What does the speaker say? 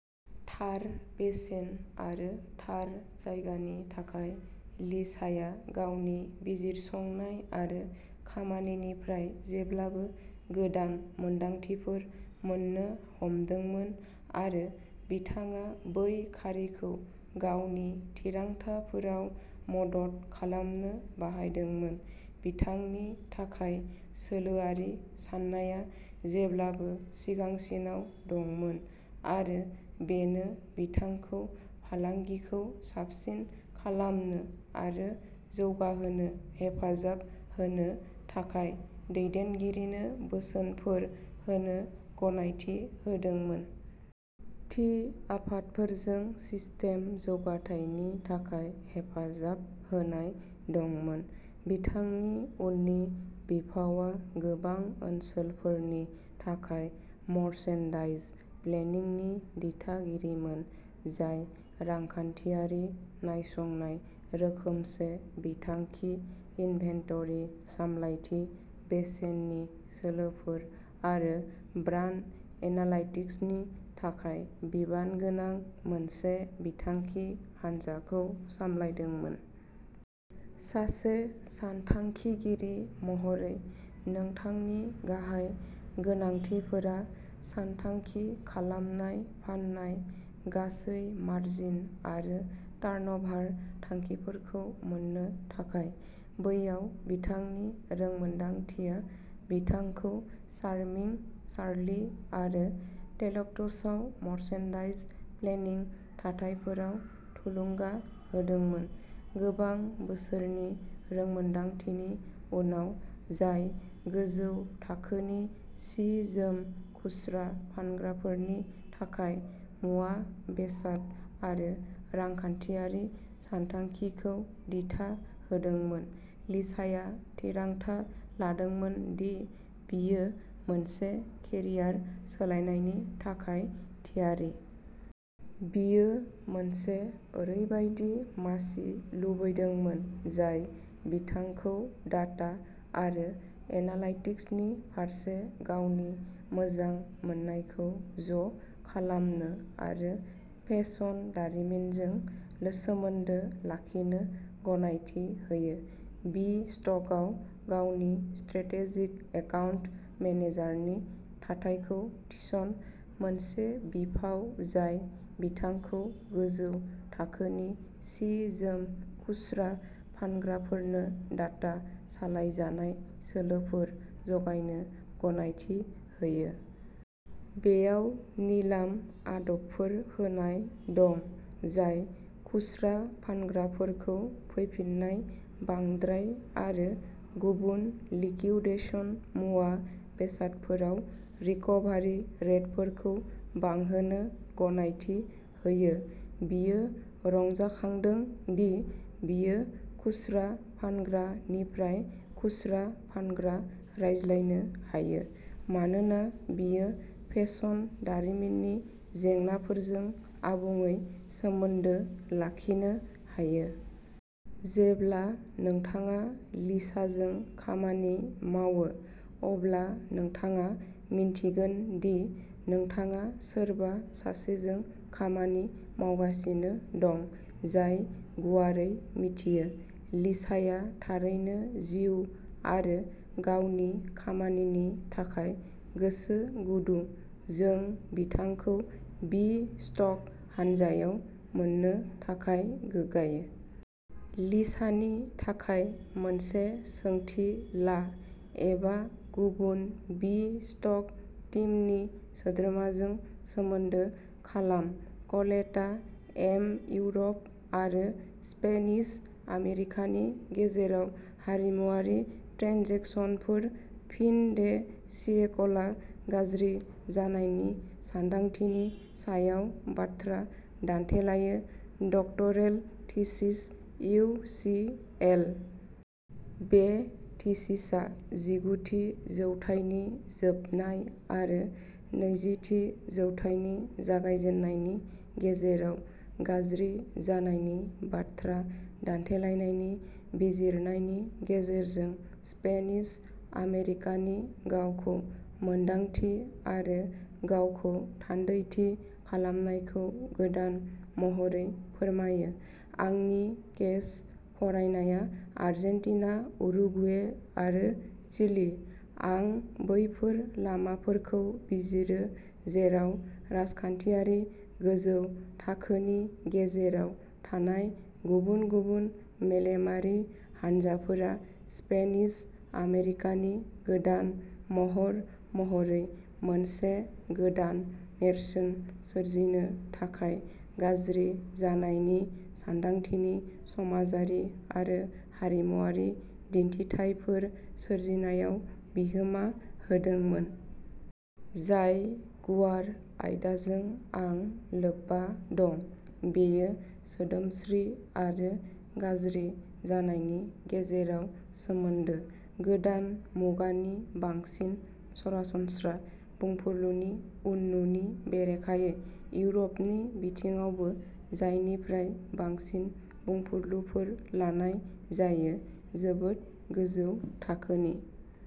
थार बेसेन आरो थार जायगानि थाखाय लिसाया गावनि बिजिरसंनाय आरो खामानिनिफ्राय जेब्लाबो गोदान मोनदांथिफोर मोन्नो हमदोंमोन आरो बिथाङा बै खारिखौ गावनि थिरांथाफोराव मदद खालामनो बाहायदोंमोन। बिथांनि थाखाय सोलोआरि साननाया जेब्लाबो सिगांसिनाव दंमोन आरो बेनो बिथांखौ फालांगिखौ साबसिन खालामनो आरो जौगाहोनो हेफाजाब होनो थाखाय दैदेनगिरिनो बोसोनफोर होनो गनायथि होदोंमोन। थि आफादफोरजों सिस्टेम जौगाथायनि थाखाय हेफाजाब होनाय दंमोन। बिथांनि उननि बिफावआ गोबां ओनसोलफोरनि थाखाय मर्चेन्डाइज प्लेनिंनि दिथागिरिमोन, जाय रांखान्थियारि नायसंनाय, रोखोमसे बिथांखि, इनभेन्टरि सामलायथि, बेसेननि सोलोफोर आरो ब्रान्ड एनालाइटिक्सनि थाखाय बिबानगोनां मोनसे बिथांखि हानजाखौ सामलायदोंमोन। सासे सानथांखिगिरि महरै नोंथांनि गाहाय गोनांथिफोरा सानथांखि खालामनाय फान्नाय, गासै मार्जिन आरो टार्नअभार थांखिफोरखौ मोन्नो थाखाय। बैयाव बिथांनि रोंमोनदांथिया बिथांखौ चार्मिंग चार्ली आरो टेलबट्सआव मर्चेन्डाइज प्लेनिं थाथायफोराव थुलुंगा होदोंमोन। गोबां बोसोरनि रोंमोन्दांथिनि उनाव, जाय गोजौ थाखोनि सि-जोम खुस्रा फानग्राफोरनि थाखाय मुवा-बेसाद आरो रांखान्थियारि सानथांखिखौ दिथा होदोंमोन, लिसाया थिरांथा लादोंमोन दि बियो मोनसे केरियार सोलायनायनि थाखाय थियारि। बियो मोनसे ओरैबायदि मासि लुबैदोंमोन जाय बिथांखौ डाटा आरो एनालाइटिक्सनि फारसे गावनि मोजां मोननायखौ ज' खालामनो आरो फेशन दारिमिनजों सोमोन्दो लाखिनो गनायथि होयो। बि-स्टकआव गावनि स्ट्रेटेजिक एकाउन्ट मेनेजारनि थाथायखौ थिसन, मोनसे बिफाव जाय बिथांखौ गोजौ थाखोनि सि-जोम खुस्रा फानग्राफोरनो डाटा सालायजानाय सोलोफोर जगायनो गनायथि होयो। बेयाव निलाम आदबफोर होनाय दं जाय खुस्रा फानग्राफोरखौ फैफिन्नाय, बांद्राय आरो गुबुन लिकिवडेशन मुवा-बेसादफोराव रिकभारि रेटफोरखौ बांहोनो गनायथि होयो। बियो रंजाखांदों दि बियो खुस्रा फानग्रा-निफ्राय-खुस्रा फानग्रा रायज्लायनो हायो मानोना बियो फेशन दारिमिननि जेंनाफोरजों आबुङै सोमोन्दो लाखिनो हायो। जेब्ला नोंथाङा लिसाजों खामानि मावो, अब्ला नोंथाङा मिन्थिगोन दि नोंथाङा सोरबा सासेजों खामानि मावगासिनो दं जाय गुवारै मिथियो। लिसाया थारैनो जिउ आरो गावनि खामानिनि थाखाय गोसो गुदुं, जों बिथांखौ बि-स्टक हानजायाव मोन्नो थाखाय गोग्गायो। लिसानि थाखाय मोनसे सोंथि ला एबा गुबुन बि-स्टक टीमनि सोद्रोमाजों सोमोन्दो खालाम। कलेटा, एम इउर'प आरो स्पेनिश आमेरिकानि गेजेराव हारिमुआरि ट्रेन्जेकसनफोर, फिन-दे-सियेकलआ गाज्रि जानायनि सानदांथिनि सायाव बाथ्रा दान्थेलायो। Doctoral thesis, U C L. बे थिसिसआ जिगुथि जौथाइनि जोबनाय आरो नैजिथि जौथाइनि जागायजेन्नायनि गेजेराव गाज्रि जानायनि बाथ्रा दान्थेलायनायनि बिजिरनायनि गेजेरजों स्पेनिश आमेरिकानि गावखौ-मोनदांथि आरो गावखौ-थान्दैथि खालामनायखौ गोदान महरै फोरमायो। आंनि केस फरायनाया आर्जेन्टिना, उरुगुवे आरो चिलि। आं बैफोर लामाफोरखौ बिजिरो जेराव राजखान्थियारि गोजौ थाखोनि गेजेराव थानाय गुबुन-गुबुन मेलेमारि हानजाफोरा, स्पेनिश आमेरिकानि गोदान महर महरै मोनसे गोदान नेरसोन सोरजिनो थाखाय गाज्रि जानायनि सानदांथिनि समाजारि आरो हारिमुआरि दिन्थिथायफोर सोरजिनायाव बिहोमा होदोंमोन। जाय गुवार आयदाजों आं लोब्बा दं बेयो सोदोमस्रि आरो गाज्रि जानायनि गेजेराव सोमोन्दो, गोदान मुगानि बांसिन सरासनस्रा बुंफुरलुनि उननुनि बेरेखायै। इउर'पनि बिथिङावबो, जायनिफ्राय बांसिन बुंफुरलुफोर लानाय जायो, जोबोद गोजौ थाखोनि।